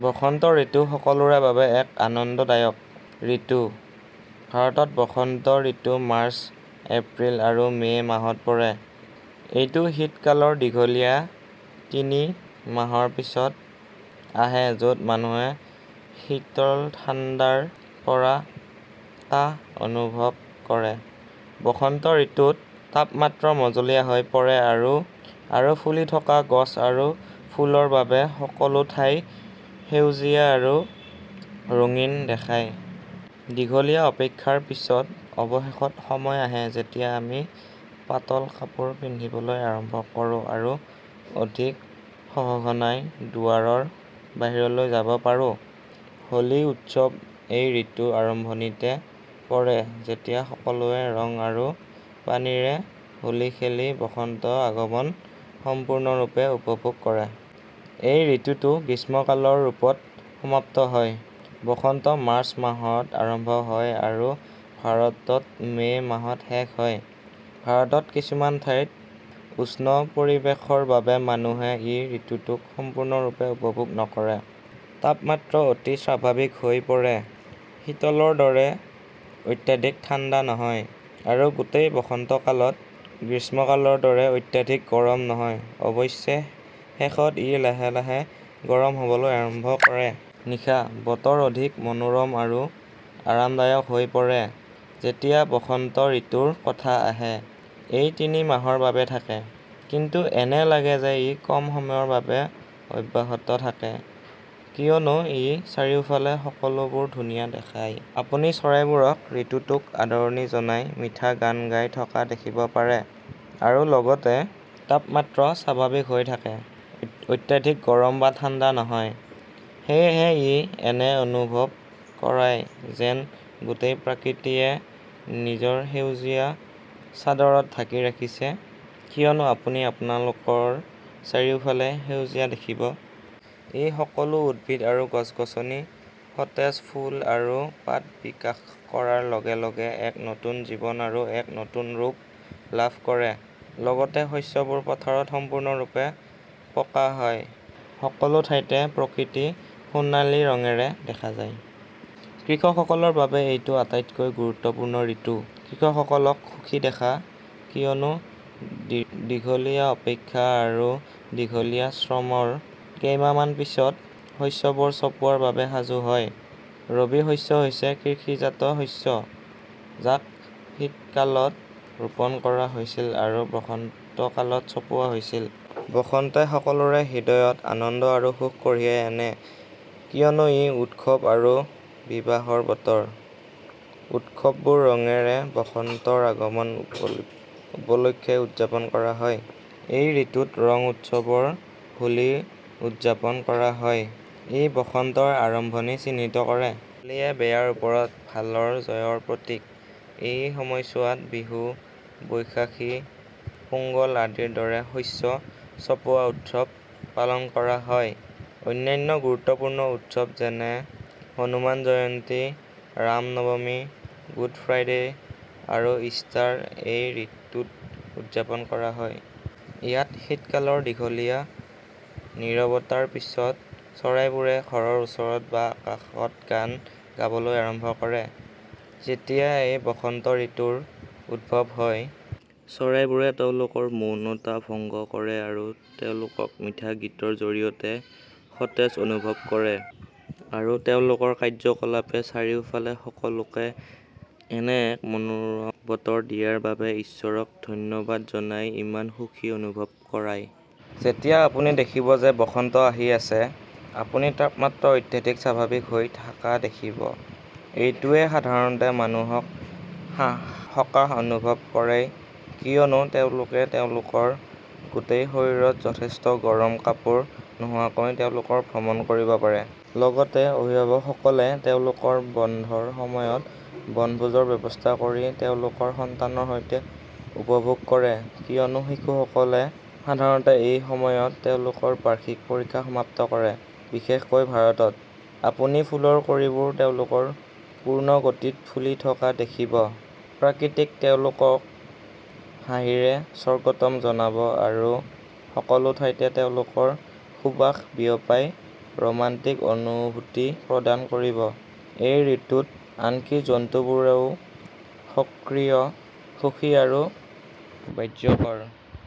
বসন্ত ঋতু সকলোৰে বাবে এক আনন্দদায়ক ঋতু। ভাৰতত বসন্ত ঋতু মাৰ্চ, এপ্ৰিল আৰু মে মাহত পৰে। এইটো শীতকালৰ দীঘলীয়া তিনি মাহৰ পিছত আহে য'ত মানুহে শীতৰ ঠাণ্ডাৰ পৰা সকাহ অনুভৱ কৰে। বসন্ত ঋতুত তাপমাত্ৰা মজলীয়া হৈ পৰে আৰু ফুলি থকা গছ আৰু ফুলৰ বাবে সকলোঠাই সেউজীয়া আৰু ৰঙীন দেখায়। দীঘলীয়া অপেক্ষাৰ পিছত, অৱশেষত সময় আহে যেতিয়া আমি পাতল কাপোৰ পিন্ধিবলৈ আৰম্ভ কৰোঁ আৰু অধিক সঘনাই দুৱাৰৰ বাহিৰলৈ যাব পাৰো। হোলী উৎসৱ এই ঋতুৰ আৰম্ভণিতে পৰে যেতিয়া সকলোৱে ৰং আৰু পানীৰে হোলী খেলি বসন্তৰ আগমন সম্পূৰ্ণৰূপে উপভোগ কৰে। এই ঋতুটো গ্ৰীষ্মকালৰ ৰূপত সমাপ্ত হয়। বসন্ত মাৰ্চ মাহত আৰম্ভ হয় আৰু ভাৰতত মে মাহত শেষ হয়। ভাৰতৰ কিছুমান ঠাইত, উষ্ণ পৰিৱেশৰ বাবে মানুহে এই ঋতুটো সম্পূৰ্ণৰূপে উপভোগ নকৰে। তাপমাত্ৰা অতি স্বাভাৱিক হৈ পৰে, শীতকালৰ দৰে অত্যাধিক ঠাণ্ডা নহয় আৰু গোটেই বসন্তকালত গ্ৰীষ্মকালৰ দৰে অত্যাধিক গৰম নহয় অৱশ্যে শেষত ই লাহে লাহে গৰম হ'বলৈ আৰম্ভ কৰে। নিশা, বতৰ অধিক মনোৰম আৰু আৰামদায়ক হৈ পৰে। যেতিয়া বসন্ত ঋতুৰ কথা আহে, ই তিনি মাহৰ বাবে থাকে, কিন্তু এনে লাগে যেন ই কম সময়ৰ বাবে অব্যাহত থাকে কিয়নো ইয়াৰ চাৰিওফালৰ সকলোবোৰ ধুনীয়া দেখায়। আপুনি চৰাইবোৰক ঋতুটোক আদৰণি জনাই মিঠা গান গাই থকা দেখিব পাৰে, আৰু লগতে, তাপমাত্ৰা স্বাভাৱিক হৈ থাকে, অত্যাধিক গৰম বা ঠাণ্ডা নহয়। সেয়েহে, ই এনে অনুভৱ কৰায় যেন গোটেই প্ৰকৃতিয়ে নিজকে সেউজীয়া চাদৰত ঢাকি ৰাখিছে কিয়নো আপুনি আপোনাৰ চাৰিওফালে সেউজীয়া দেখিব। ইয়াত, সকলো উদ্ভিদ আৰু গছ-গছনিয়ে সতেজ ফুল আৰু পাত বিকশিত কৰাৰ লগে লগে এক নতুন জীৱন আৰু এক নতুন ৰূপ লাভ কৰে। লগতে, শস্যবোৰ পথাৰত সম্পূৰ্ণৰূপে পকা হয়, সকলো ঠাইতে প্ৰকৃতি সোণালী ৰঙেৰে দেখা যায়। কৃষকসকলৰ বাবে এইটো আটাইতকৈ গুৰুত্বপূৰ্ণ ঋতু। কৃষকসকলক সুখী দেখায় কিয়নো দীঘলীয়া অপেক্ষা আৰু দীঘলীয়া শ্ৰমৰ কেইমাহমানৰ পিছত, শস্যবোৰ চপোৱাৰ বাবে সাজু হয়। ৰবি শস্য হৈছে কৃষিজাত শস্য যাক শীতকালত ৰোপণ কৰা হৈছিল আৰু বসন্তকালত চপোৱা হৈছিল। বসন্তে সকলোৰে হৃদয়ত আনন্দ আৰু সুখ কঢ়িয়াই আনে, কিয়নো এইটো উৎসৱ আৰু বিবাহৰ বতৰ। উৎসৱবোৰ ৰঙেৰে বসন্তৰ আগমন উপলক্ষে উদযাপন কৰা হয়। এই ঋতুত ৰঙৰ উৎসৱ হোলী উদযাপন কৰা হয়। ই বসন্তৰ আৰম্ভণি চিহ্নিত কৰে। হোলীয়ে বেয়াৰ ওপৰত ভালৰ জয়ৰ প্ৰতীক। এই সময়ছোৱাত বিহু, বৈশাখী, পোংগল আদি ৰ দৰে শস্য চপোৱা উৎসৱ পালন কৰা হয়। অন্যান্য গুৰুত্বপূৰ্ণ উৎসৱ যেনে হনুমান জয়ন্তী, ৰাম নৱমী, গুড ফ্ৰাইডে, আৰু ইষ্টাৰ এই ঋতুত উদযাপন কৰা হয়। ইয়াত, শীতকালৰ দীঘলীয়া নীৰৱতাৰ পিছত, চৰাইবোৰে ঘৰৰ ওচৰত বা আকাশত গান গাবলৈ আৰম্ভ কৰে। যেতিয়াই এই বসন্তঋতুৰ উদ্ভৱ হয়, চৰাইবোৰে তেওঁলোকৰ মৌনতা ভংগ কৰে আৰু তেওঁলোকৰ মিঠা গীতৰ জৰিয়তে সতেজ অনুভৱ কৰে, আৰু তেওঁলোকৰ কাৰ্যকলাপে চাৰিওফালৰ সকলোকে এনে এক মনোৰম বতৰ দিয়াৰ বাবে ঈশ্বৰক ধন্যবাদ জনাই ইমান সুখী অনুভৱ কৰায়। যেতিয়া আপুনি দেখিব যে বসন্ত আহি আছে, আপুনি তাপমাত্ৰা অত্যাধিক স্বাভাৱিক হৈ থকা দেখিব। এইটোৱে সাধাৰণতে মানুহক সকাহ অনুভৱ কৰায় কিয়নো তেওঁলোকে তেওঁলোকৰ গোটেই শৰীৰত যথেষ্ট গৰম কাপোৰ নোহোৱাকৈ তেওঁলোকৰ ভ্ৰমণ কৰিব পাৰে। লগতে, অভিভাৱকসকলে তেওঁলোকৰ বন্ধৰ সময়ত বনভোজৰ ব্যৱস্থা কৰি তেওঁলোকৰ সন্তানৰ সৈতে উপভোগ কৰে কিয়নো শিশুসকলে সাধাৰণতে এই সময়ত তেওঁলোকৰ বাৰ্ষিক পৰীক্ষা সমাপ্ত কৰে, বিশেষকৈ ভাৰতত।। আপুনি ফুলৰ কলিবোৰ তেওঁলোকৰ পূৰ্ণ গতিত ফুলি থকা দেখিব, প্ৰকৃতিক তেওঁলোকৰ হাঁহিৰে স্বাগতম জনাব আৰু সকলোঠাইতে তেওঁলোকৰ সুবাস বিয়পাই ৰোমাণ্টিক অনুভূতি প্ৰদান কৰিব। এই ঋতুত, আনকি জন্তুবোৰো সক্ৰিয়, সুখী আৰু স্বাস্থ্যকৰ।